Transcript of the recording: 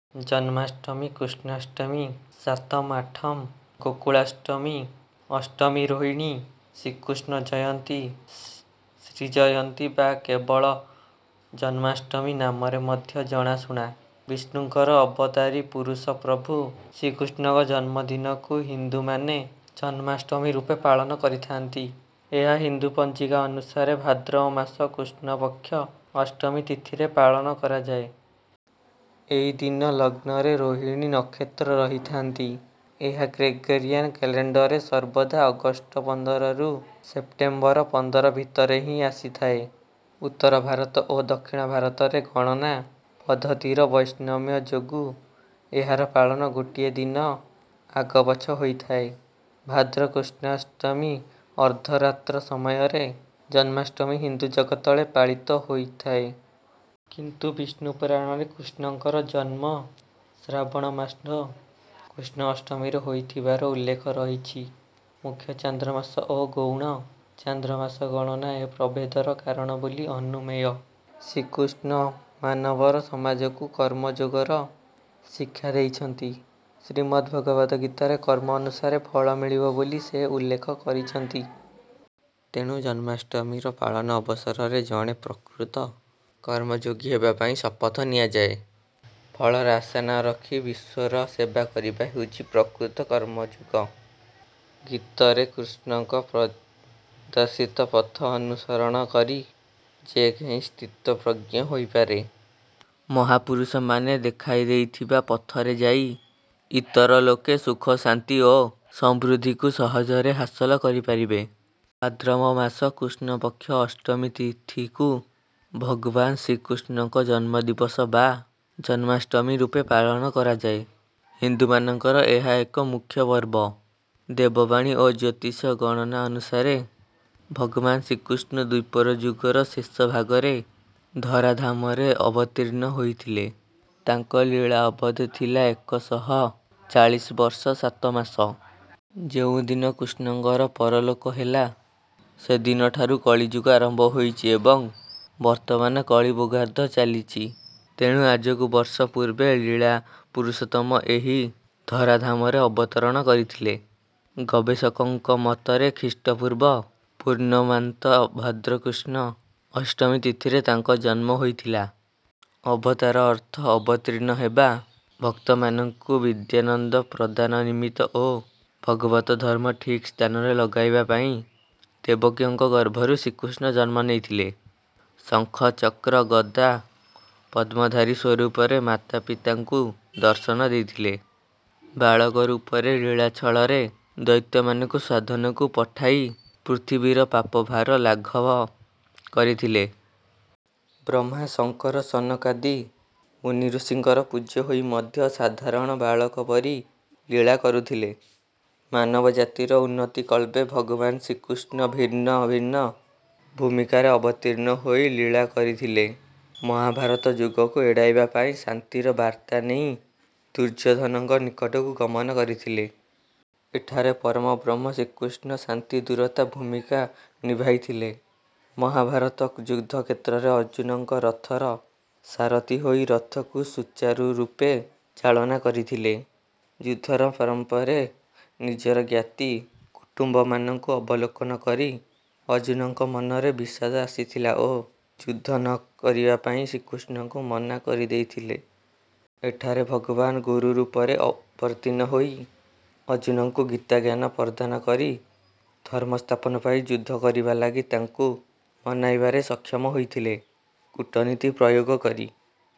ଜନ୍ମାଷ୍ଟମୀ, କୃଷ୍ଣାଷ୍ଟମୀ, ସାତମ୍ ଆଠମ୍, ଗୋକୁଳାଷ୍ଟମୀ, ଅଷ୍ଟମୀ ରୋହିଣୀ, ଶ୍ରୀକୃଷ୍ଣ ଜୟନ୍ତୀ, ଶ୍ରୀ ଜୟନ୍ତୀ ବା କେବଳ ଜନ୍ମାଷ୍ଟମୀ ନାମରେ ମଧ୍ୟ ଜଣାଶୁଣା। ବିଷ୍ଣୁଙ୍କର ଅବତାରୀ ପୁରୁଷ ପ୍ରଭୁ ଶ୍ରୀକୃଷ୍ଣଙ୍କ ଜନ୍ମଦିନକୁ ହିନ୍ଦୁମାନେ ଜନ୍ମାଷ୍ଟମୀ ରୂପେ ପାଳନ କରିଥାନ୍ତି। ଏହା ହିନ୍ଦୁ ପଞ୍ଜିକା ଅନୁସାରେ ଭାଦ୍ରବ ମାସ କୃଷ୍ଣ ପକ୍ଷ ଅଷ୍ଟମୀ ତିଥିରେ ପାଳନ କରାଯାଏ। ଏଇ ଦିନ ଲଗ୍ନରେ ରୋହିଣୀ ନକ୍ଷତ୍ର ରହିଥାନ୍ତି। ଏହା ଗ୍ରେଗୋରିଆନ୍ କ୍ୟାଲେଣ୍ଡରରେ ସର୍ବଦା ଅଗଷ୍ଟ ପନ୍ଦରରୁ ସେପ୍ଟେମ୍ବର ପନ୍ଦର ଭିତରେ ହିଁ ଆସିଥାଏ। ଉତ୍ତର ଭାରତ ଓ ଦକ୍ଷିଣ ଭାରତରେ ଗଣନା ପଦ୍ଧତିର ବୈଷମ୍ୟ ଯୋଗୁଁ ଏହାର ପାଳନ ଗୋଟିଏ ଦିନ ଆଗପଛ ହୋଇଥାଏ। ଭାଦ୍ର କୃଷ୍ଣାଷ୍ଟମୀ ଅର୍ଦ୍ଧରାତ୍ର ସମୟରେ ଜନ୍ମାଷ୍ଟମୀ ହିନ୍ଦୁ ଜଗତରେ ପାଳିତ ହୋଇଥାଏ। କିନ୍ତୁ ବିଷ୍ଣୁ ପୁରାଣରେ କୃଷ୍ଣଙ୍କର ଜନ୍ମ ଶ୍ରାବଣ ମାସ କୃଷ୍ଣ ଅଷ୍ଟମୀରେ ହୋଇଥିବାର ଉଲ୍ଲେଖ ରହିଛି। ମୁଖ୍ୟ ଚାନ୍ଦ୍ରମାସ ଓ ଗୌଣ ଚାନ୍ଦ୍ରମାସ ଗଣନା ଏ ପ୍ରଭେଦର କାରଣ ବୋଲି ଅନୁମେୟ। ଶ୍ରୀକୃଷ୍ଣ ମାନବ ସମାଜକୁ କର୍ମଯୋଗର ଶିକ୍ଷା ଦେଇଛନ୍ତି। ଶ୍ରୀମଦ୍‌ଭଗବଦ୍‌ଗୀତାରେ କର୍ମ ଅନୁସାରେ ଫଳ ମିଳିବ ବୋଲି ସେ ଉଲ୍ଲେଖ କରିଛନ୍ତି। ତେଣୁ ଜନ୍ମାଷ୍ଟମୀର ପାଳନ ଅବସରରେ ଜଣେ ପ୍ରକୃତ କର୍ମଯୋଗୀ ହେବା ପାଇଁ ଶପଥ ନିଆଯାଏ। ଫଳର ଆଶା ନ ରଖି ବିଶ୍ୱର ସେବା କରିବା ହେଉଛି ପ୍ରକୃତ କର୍ମଯୋଗ। ଗୀତାରେ ଶ୍ରୀକୃଷ୍ଣଙ୍କ ପ୍ରଦର୍ଶିତ ପଥ ଅନୁସରଣ କରି ଯେ କେହି ସ୍ଥିତପ୍ରଜ୍ଞ ହୋଇପାରେ। ମହାପୁରୁଷମାନେ ଦେଖାଇଦେଇଥିବା ପଥରେ ଯାଇ ଇତର ଲୋକେ ସୁଖ, ଶାନ୍ତି ଓ ସମୃଦ୍ଧିକୁ ସହଜରେ ହାସଲ କରିପାରିବେ। ଭାଦ୍ରବ ମାସ କୃଷ୍ଣପକ୍ଷ ଅଷ୍ଟମୀ ତିଥିକୁ ଭଗବାନ ଶ୍ରୀକୃଷ୍ଣଙ୍କ ଜନ୍ମଦିବସ ବା ଜନ୍ମାଷ୍ଟମୀ ରୂପେ ପାଳନ କରାଯାଏ। ହିନ୍ଦୁମାନଙ୍କର ଏହା ଏକ ମୁଖ୍ୟ ପର୍ବ। ବେଦବାଣୀ ଓ ଜ୍ୟୋତିଷ ଗଣନାନୁସାରେ ଭଗବାନ ଶ୍ରୀକୃଷ୍ଣ ଦ୍ୱାପର ଯୁଗର ଶେଷ ଭାଗରେ ଧରାଧାମରେ ଅବତୀର୍ଣ୍ଣ ହୋଇଥିଲେ। ତାଙ୍କର ଲୀଳା ଅବଧି ଥିଲା ଏକଶହ ପଚିଶ ବର୍ଷ ସାତ ମାସ। ଯେଉଁ ଦିନ କୃଷ୍ଣଙ୍କର ପରଲୋକ ହେଲା, ସେଦିନଠାରୁ କଳିଯୁଗ ଆରମ୍ଭ ହୋଇଛି ଏବଂ ବର୍ତ୍ତମାନ କଳିଭୋଗାବ୍ଦ ଚାଲିଛି। ତେଣୁ ଆଜକୁ ବର୍ଷ ପୂର୍ବେ ଲୀଳା ପୁରୁଷୋତ୍ତମ ଏହି ଧରାଧାମରେ ଅବତରଣ କରିଥିଲେ। ଗବେଷକଙ୍କ ମତରେ ଖ୍ରୀଷ୍ଟପୂର୍ବ ପୂର୍ଣ୍ଣମାନ୍ତ ଭାଦ୍ର କୃଷ୍ଣ ଅଷ୍ଟମୀ ତିଥିରେ ତାଙ୍କର ଜନ୍ମ ହୋଇଥିଲା। ଅବତାର ଅର୍ଥ ଅବତୀର୍ଣ୍ଣ ହେବା। ଭକ୍ତମାନଙ୍କୁ ଦିବ୍ୟାନନ୍ଦ ପ୍ରଦାନ ନିମିତ୍ତ ଓ ଭଗବତ୍ ଧର୍ମ ଠିକ୍ ସ୍ଥାନରେ ଲଗାଇବା ପାଇଁ ଦେବକୀଙ୍କ ଗର୍ଭରୁ ଶ୍ରୀକୃଷ୍ଣ ଜନ୍ମ ନେଇଥିଲେ। ଶଙ୍ଖ, ଚକ୍ର, ଗଦା, ପଦ୍ମଧାରୀ ସ୍ୱରୂପରେ ମାତାପିତାଙ୍କୁ ଦର୍ଶନ ଦେଇଥିଲେ। ବାଳକ ରୂପରେ ଲୀଳା ଛଳରେ ଦୈତ୍ୟମାନଙ୍କୁ ସ୍ୱଧାମକୁ ପଠାଇ ପୃଥିବୀର ପାପ ଭାର ଲାଘବ କରିଥିଲେ। ବ୍ରହ୍ମା, ଶଙ୍କର, ସନକାଦି ମୁନିଋଷିଙ୍କର ପୂଜ୍ୟ ହୋଇ ମଧ୍ୟ ସାଧାରଣ ବାଳକ ପରି ଲୀଳା କରୁଥିଲେ। ମାନବ ଜାତିର ଉନ୍ନତିକଳ୍ପେ ଭଗବାନ ଶ୍ରୀକୃଷ୍ଣ ଭିନ୍ନ ଭିନ୍ନ ଭୂମିକାରେ ଅବତୀର୍ଣ୍ଣ ହୋଇ ଲୀଳା କରିଥିଲେ। ମହାଭାରତ ଯୁଦ୍ଧକୁ ଏଡ଼ାଇବା ପାଇଁ ଶାନ୍ତିର ବାର୍ତ୍ତା ନେଇ ଦୁର୍ଯ୍ୟୋଧନଙ୍କ ନିକଟକୁ ଗମନ କରିଥିଲେ। ଏଠାରେ ପରମବ୍ରହ୍ମ ଶ୍ରୀକୃଷ୍ଣ ଶାନ୍ତିଦୂତର ଭୂମିକା ନିଭାଇଥିଲେ। ମହାଭାରତ ଯୁଦ୍ଧକ୍ଷେତ୍ରରେ ଅର୍ଜୁନଙ୍କ ରଥର ସାରଥି ହୋଇ ରଥକୁ ସୁଚାରୁ ରୂପେ ଚାଳନା କରିଥିଲେ। ଯୁଦ୍ଧର ପ୍ରାରମ୍ଭରେ ନିଜର ଜ୍ଞାତି କୁଟୁମ୍ବମାନଙ୍କୁ ଅବଲୋକନ କରି ଅର୍ଜୁନଙ୍କ ମନରେ ବିଷାଦ ଆସିଥିଲା ଓ ଯୁଦ୍ଧ ନକରିବା ପାଇଁ ଶ୍ରୀକୃଷ୍ଣଙ୍କୁ ମନା କରିଦେଇଥିଲେ। ଏଠାରେ ଭଗବାନ ଗୁରୁ ରୂପରେ ଅବତୀର୍ଣ୍ଣ ହୋଇ ଅର୍ଜୁନଙ୍କୁ ଗୀତାଜ୍ଞାନ ପ୍ରଦାନ କରି ଧର୍ମସ୍ଥାପନ ପାଇଁ ଯୁଦ୍ଧ କରିବା ଲାଗି ତାଙ୍କୁ ମନାଇବାରେ ସକ୍ଷମ ହୋଇଥିଲେ। କୂଟନୀତି ପ୍ରୟୋଗ କରି